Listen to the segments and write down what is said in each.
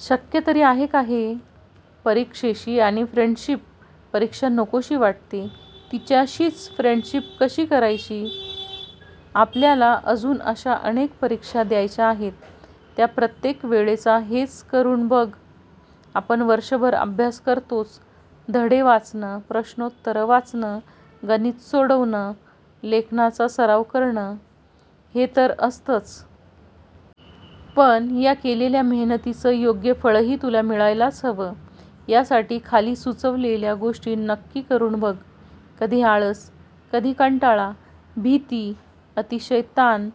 शक्य तरी आहे का हे? परीक्षेशी आणि फ्रेंडशिप? परीक्षा नकोशी वाटते. तिच्याशीच फ्रेंडशिप कशी करायची? आपल्याला अजून अशा अनेक परीक्षा द्यायच्या आहेत. त्या प्रत्येक वेळेला हेच करून बघ. आपण वर्षभर अभ्यास करतोच. धडे वाचणं, प्रश्नोत्तरं वाचणं, गणितं सोडवणं, लेखनाचा सराव करणं – हे तर असतंच. पण या केलेल्या मेहनतीचं योग्य फळही तुला मिळायलाच हवं. यासाठी खाली सुचवलेल्या गोष्टी नक्की करून बघ. कधी आळस, कधी कंटाळा, भीती, अतिशय ताण,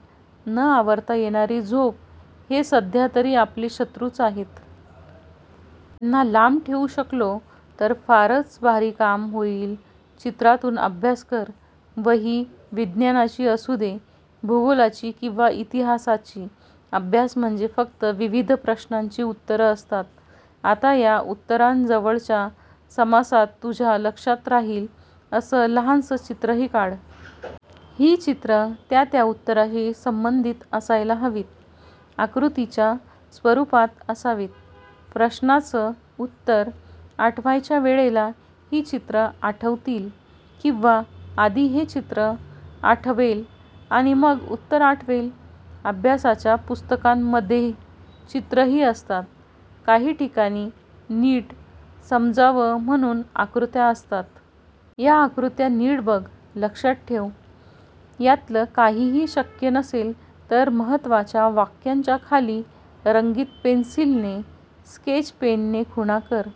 न आवरता येणारी झोप – हे सध्या तरी आपले शत्रूच आहेत. त्यांना लांब ठेवू शकलो, तर फारच भारी काम होईल. चित्रातून अभ्यास कर. वही विज्ञानाची असू दे, भूगोलाची किंवा इतिहासाची; अभ्यास म्हणजे फक्त विविध प्रश्नांची उत्तरं असतात. आता या उत्तरांजवळच्या समासात तुझ्या लक्षात राहील असं लहानसं चित्रही काढ. ही चित्रं त्या त्या उत्तरांशी संबंधित असायला हवीत. आकृतीच्या स्वरूपात असावीत. प्रश्नाचं उत्तर आठवायच्या वेळेला ही चित्रं आठवतील. किंवा आधी हे चित्र आठवेल आणि मग उत्तर आठवेल. अभ्यासाच्या पुस्तकांमध्ये चित्रंही असतात. काही ठिकाणी, नीट समजावं म्हणून आकृत्या असतात. या आकृत्या नीट बघ. लक्षात ठेव. यातलं काहीही शक्य नसेल, तर महत्त्वाच्या वाक्यांच्या खाली रंगीत पेन्सिलीने/स्केचपेनने खुणा कर.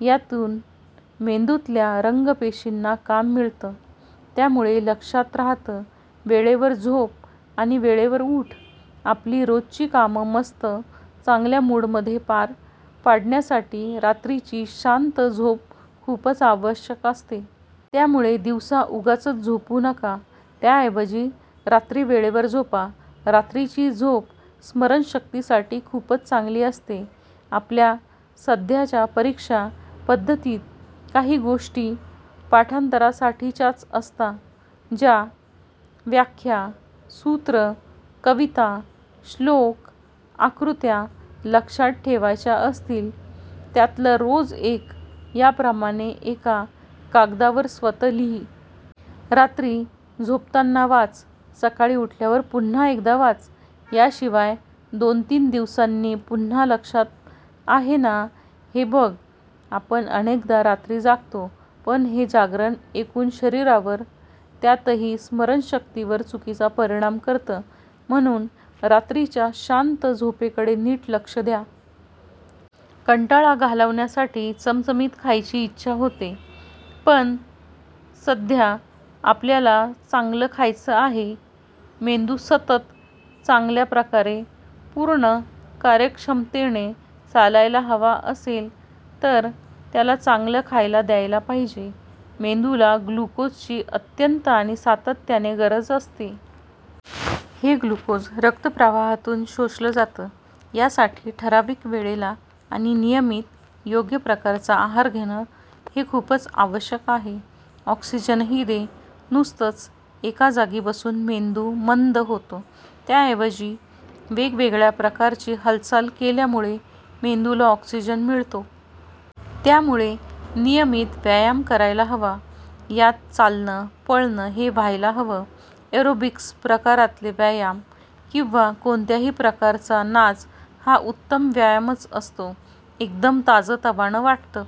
यातून मेंदूतल्या रंगपेशींना काम मिळतं. त्यामुळे लक्षात राहतं. वेळेवर झोप आणि वेळेवर ऊठ! आपली रोजची कामं मस्त चांगल्या मूडमध्ये पार पडण्यासाठी रात्रीची शांत झोप खूपच आवश्यक असते. त्यामुळे दिवसा उगाचच झोपू नका. त्याऐवजी रात्री वेळेवर झोपा. रात्रीची झोप स्मरणशक्तीसाठी खूपच चांगली असते. आपल्या सध्याच्या परीक्षा पद्धतीत काही गोष्टी पाठांतरासाठीच्याच असतात. ज्या व्याख्या, सूत्रं, कविता, श्लोक, आकृत्या लक्षात ठेवायच्या असतील, त्यातलं रोज एक याप्रमाणे एका कागदावर स्वतः लिही. रात्री झोपताना वाच. सकाळी उठल्यावर पुन्हा एकदा वाच. याशिवाय दोन-तीन दिवसांनी पुन्हा लक्षात आहे ना, हे बघ. आपण अनेकदा रात्री जागतो. पण हे जागरण एकूण शरीरावर, त्यातही स्मरणशक्तीवर चुकीचा परिणाम करतं. म्हणून रात्रीच्या शांत झोपेकडे नीट लक्ष द्या. कंटाळा घालवण्यासाठी चमचमीत खायची इच्छा होते. पण सध्या आपल्याला चांगलं खायचं आहे! मेंदू सतत, चांगल्या प्रकारे, पूर्ण कार्यक्षमतेने चालायला हवा असेल, तर त्याला चांगलं खायला द्यायला पाहिजे. मेंदूला ग्लुकोजची अत्यंत आणि सातत्याने गरज असते. हे ग्लुकोज रक्तप्रवाहातून शोषलं जातं. यासाठी ठरावीक वेळेला आणि नियमित योग्य प्रकारचा आहार घेणं हे खूपच आवश्यक आहे. ऑक्सिजनही दे! नुसतंच एकाजागी बसून मेंदू मंद होतो. त्याऐवजी वेगवेगळ्या प्रकारची हालचाल केल्यामुळे मेंदूला ऑक्सिजन मिळतो. त्यामुळे नियमित व्यायाम करायलाच हवा. यात चालणं, पळणं हे व्हायला हवं. एरोबिक्स प्रकारातले व्यायाम किंवा कोणत्याही प्रकारचा नाच हा उत्तम व्यायामच असतो. एकदम ताजंतवानं वाटतं.